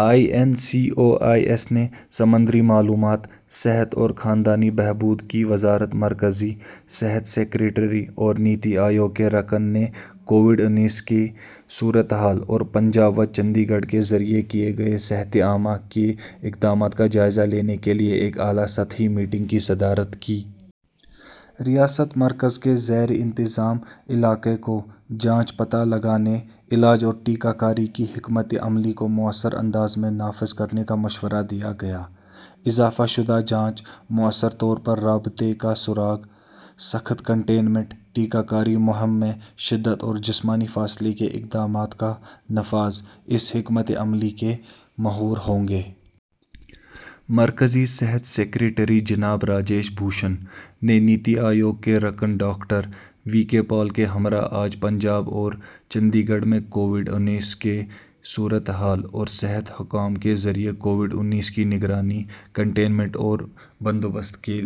I N C O I S نے سمندری معلومات... صحت اور خاندانی بہبود کی وزارت مرکزی صحت سکریٹری اور نیتی آیوگ کے رکن نے کووڈ-انیس کی صورتحال اور پنجاب و چندی گڑھ کے ذریعے کیے گئے صحتِ عامہ کے اقدامات کا جائزہ لینے کے لیے ایک اعلیٰ سطحی میٹنگ کی صدارت کی۔ ریاست/مرکز کے زیرِ انتظام علاقے کو ’’جانچ، پتہ لگانے، علاج اور ٹیکہ کاری‘‘ کی حکمتِ عملی کو مؤثر انداز میں نافذ کرنے کا مشورہ دیا گیا۔ اضافہ شدہ جانچ، مؤثر طور پر رابطے کا سراغ، سخت کنٹینمنٹ، ٹیکہ کاری مہم میں شدت اور جسمانی فاصلے کے اقدامات کا نفاذ اس حکمتِ عملی کے محور ہوں گے۔ مرکزی صحت سکریٹری جناب راجیش بھوشن نے نیتی آیوگ کے رکن ڈاکٹر وی کے پال کے ہمراہ آج پنجاب اور چنڈی گڑھ میں کووڈ-انیس کی صورتحال اور صحت حکام کے ذریعے کووڈ-انیس کی نگرانی، کنٹینمنٹ اور بندوبست کے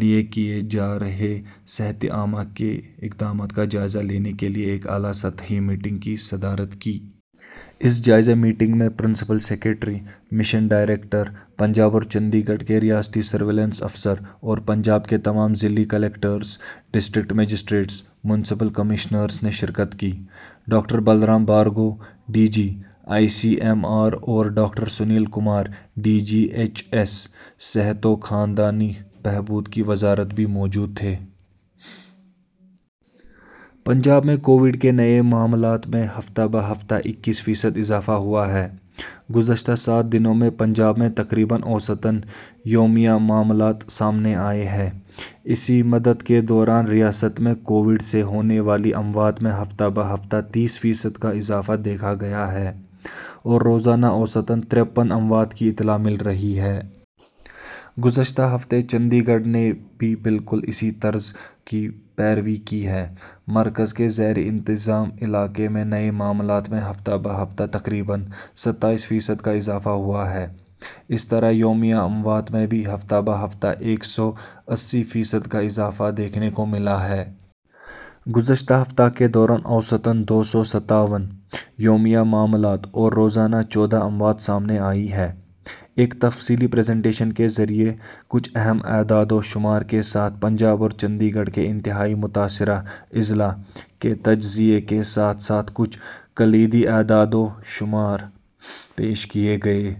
لیے کیے جا رہے صحتِ عامہ کے اقدامات کا جائزہ لینے کے لیے ایک اعلیٰ سطحی میٹنگ کی صدارت کی۔ اس جائزہ میٹنگ میں principal secretary, mission director, Punjab اور چنڈی گڑھ کے ریاستی سرویلنس افسر اور پنجاب کے تمام ضلعی کلکٹرز/ڈسٹرکٹ مجسٹریٹس/میونسپل کمشنرز نے شرکت کی۔ Doctor Balram Bhargava, D G, I C M R اور doctor Sunil Kumar, D G H S, صحت و خاندانی بہبود کی وزارت بھی موجود تھے۔ پنجاب میں کووڈ کے نئے معاملات میں ہفتہ بہ ہفتہ اکیس فیصد اضافہ ہوا ہے۔ گزشتہ سات دنوں میں پنجاب میں تقریباً اوسطاً یومیہ معاملات سامنے آئے ہیں۔ اسی مدت کے دوران ریاست میں کووڈ سے ہونے والی اموات میں ہفتہ بہ ہفتہ تیس فیصد کا اضافہ دیکھا گیا ہے اور روزانہ اوسطاً ترپن اموات کی اطلاع مل رہی ہے۔ گزشتہ ہفتے چنڈی گڑھ نے بھی بالکل اسی طرز کی پیروی کی ہے۔ مرکز کے زیرِ انتظام علاقے میں نئے معاملات میں ہفتہ بہ ہفتہ تقریباً ستائیس فیصد کا اضافہ ہوا ہے۔ اسی طرح یومیہ اموات میں بھی ہفتہ بہ ہفتہ ایک سو اسی فیصد کا اضافہ دیکھنے کو ملا ہے۔ گزشتہ ہفتے کے دوران اوسطاً دو سو ستاون یومیہ معاملات اور روزانہ چودہ اموات سامنے آئی ہیں۔ ایک تفصیلی پریزنٹیشن کے ذریعے کچھ اہم اعداد و شمار کے ساتھ پنجاب اور چندی گڑھ کے انتہائی متاثرہ اضلاع کے تجزیے کے ساتھ ساتھ کچھ کلیدی اعداد و شمار پیش کیے گئے۔